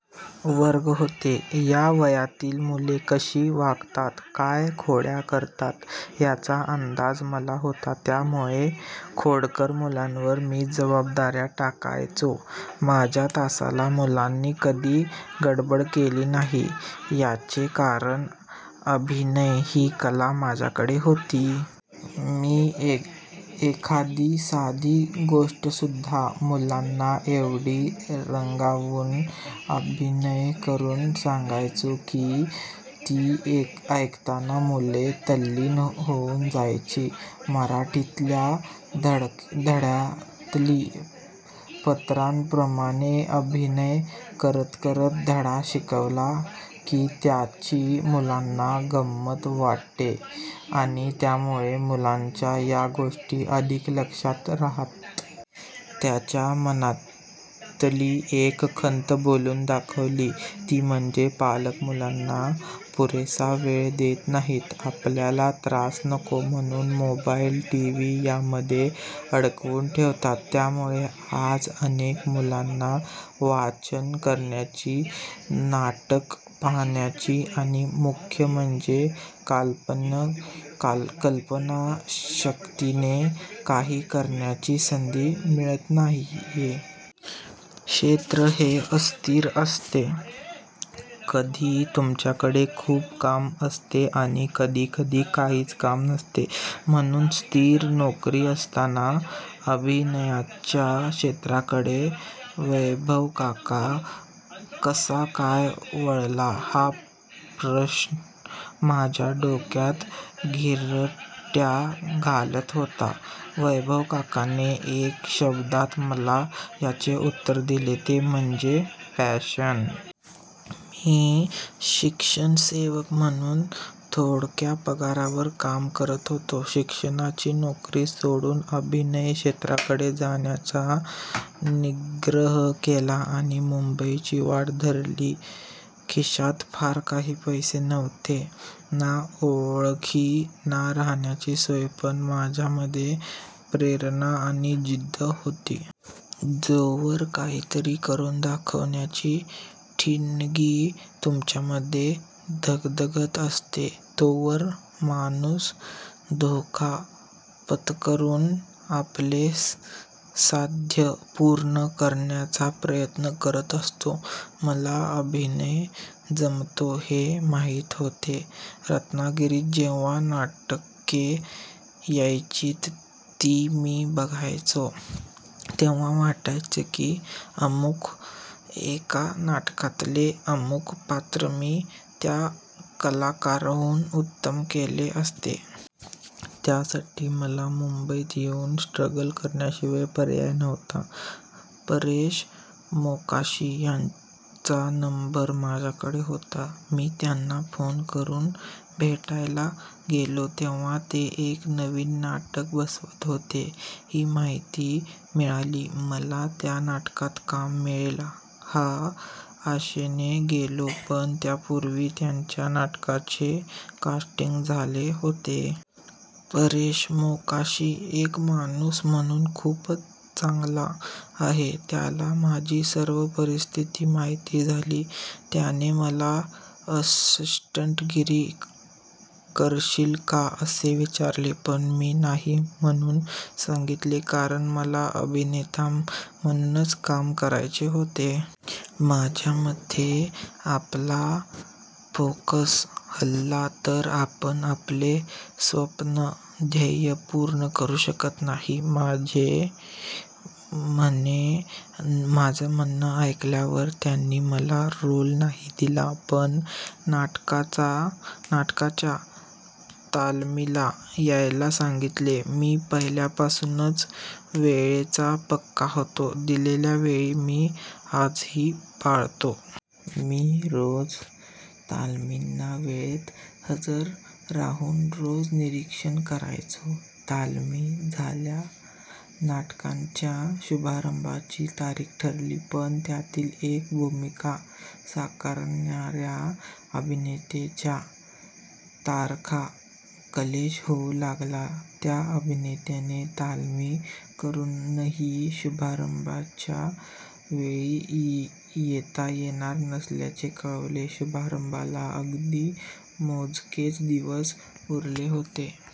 वर्ग होते. या वयातली मुलं कशी वागतात, काय खोड्या करतात, याचा अंदाज मला होता. त्यामुळे खोडकर मुलांवर मी जबाबदाऱ्या टाकायचो. माझ्या तासाला मुलांनी कधी गडबड केली नाही. याचं कारण अभिनय ही कला माझ्याकडे होती. मी एखादी साधी गोष्टसुद्धा मुलांना एवढी रंगवून, अभिनय करून सांगायचो की, ती ऐकताना मुलं तल्लीन होऊन जायची. मराठीतल्या धड्यातील पात्रांप्रमाणे अभिनय करत करत धडा शिकवला की, त्याची मुलांना गमंत वाटे आणि त्यामुळे मुलांच्या या गोष्टी अधिक लक्षात राहात. त्याच्या मनातली एक खंत बोलून दाखवली. ती म्हणजे पालक मुलांना पुरेसा वेळ देत नाहीत. आपल्याला त्रास नको, म्हणून मोबाइल, टीव्ही यामध्ये अडकवून ठेवतात. त्यामुळे आज अनेक मुलांना वाचन करण्याची, नाटक पाहण्याची आणि मुख्य म्हणजे कल्पनाशक्तीने काही करण्याची संधी मिळत नाहीये. क्षेत्र हे अस्थिर असतं. कधी तुमच्याकडे खूप काम असतं आणि कधी कधी काहीच काम नसतं. म्हणून स्थिर नोकरी असताना अभिनयाच्या क्षेत्राकडे वैभवकाका कसा काय वळला, हा प्रश्न माझ्या डोक्यात घिरट्या घालत होता. वैभवकाकाने एका शब्दात मला याचं उत्तर दिलं, ते म्हणजे पॅशन! मी शिक्षण सेवक म्हणून थोडक्या पगारावर काम करत होतो. शिक्षकाची नोकरी सोडून अभिनय क्षेत्राकडे जाण्याचा निग्रह केला आणि मुंबईची वाट धरली. खिशात फार काही पैसे नव्हते, ना ओळखी, ना राहण्याची सोय. पण माझ्यामध्ये प्रेरणा आणि जिद्द होती. जोवर काहीतरी करून दाखवण्याची ठिणगी तुमच्यामध्ये धगधगत असते, तोवर माणूस धोका पत्करून आपले साध्य पूर्ण करण्याचा प्रयत्न करत असतो. मला अभिनय जमतो हे माहीत होतं. रत्नागिरीत जेव्हा नाटकं यायची, ती मी बघायचो; तेव्हा वाटायचं की अमुक एका नाटकातलं अमुक पात्र मी त्या कलाकाराहून उत्तम केलं असतं. त्यासाठी मला मुंबईत येऊन स्ट्रगल करण्याशिवाय पर्याय नव्हता. परेश मोकाशी यांचा नंबर माझ्याकडे होता. मी त्यांना फोन करून भेटायला गेलो. तेव्हा ते एक नवीन नाटक बसवत आहेत, ही माहिती मिळाली. मला त्या नाटकात काम मिळेल ह्या आशेने गेलो, पण तत्पूर्वी त्यांच्या नाटकाचं कास्टिंग झालं होतं. परेश मोकाशी एक माणूस म्हणून खूपच चांगला आहे. त्याला माझी सर्व परिस्थिती माहीत झाली. त्याने मला असिस्टंटगिरी करशील का असं विचारलं... पण मी नाही म्हणून सांगितलं कारण मला अभिनेता म्हणूनच काम करायचं होतं. माझ्या मते आपला फोकस हलला तर आपण आपलं स्वप्न, ध्येय पूर्ण करू शकत नाही. माझं म्हणणं ऐकल्यावर त्यांनी मला रोल नाही दिला, पण नाटकाच्या तालमीला यायला सांगितलं. मी पहिल्यापासूनच वेळेचा पक्का होतो. दिलेली वेळ मी आजही पाळतो. मी रोज तालमींना वेळेत हजर राहून रोज निरीक्षण करायचो. तालमी झाल्या, नाटकाच्या शुभारंभाची तारीख ठरली. पण त्यातील एक भूमिका साकारणाऱ्या अभिनेत्याच्या तारखा क्लॅश होऊ लागल्या. त्या अभिनेत्याने तालीम करूनही शुभारंभाच्या वेळी येता येणार नसल्याचं कळवलं. शुभारंभाला अगदी मोजकेच दिवस उरले होते.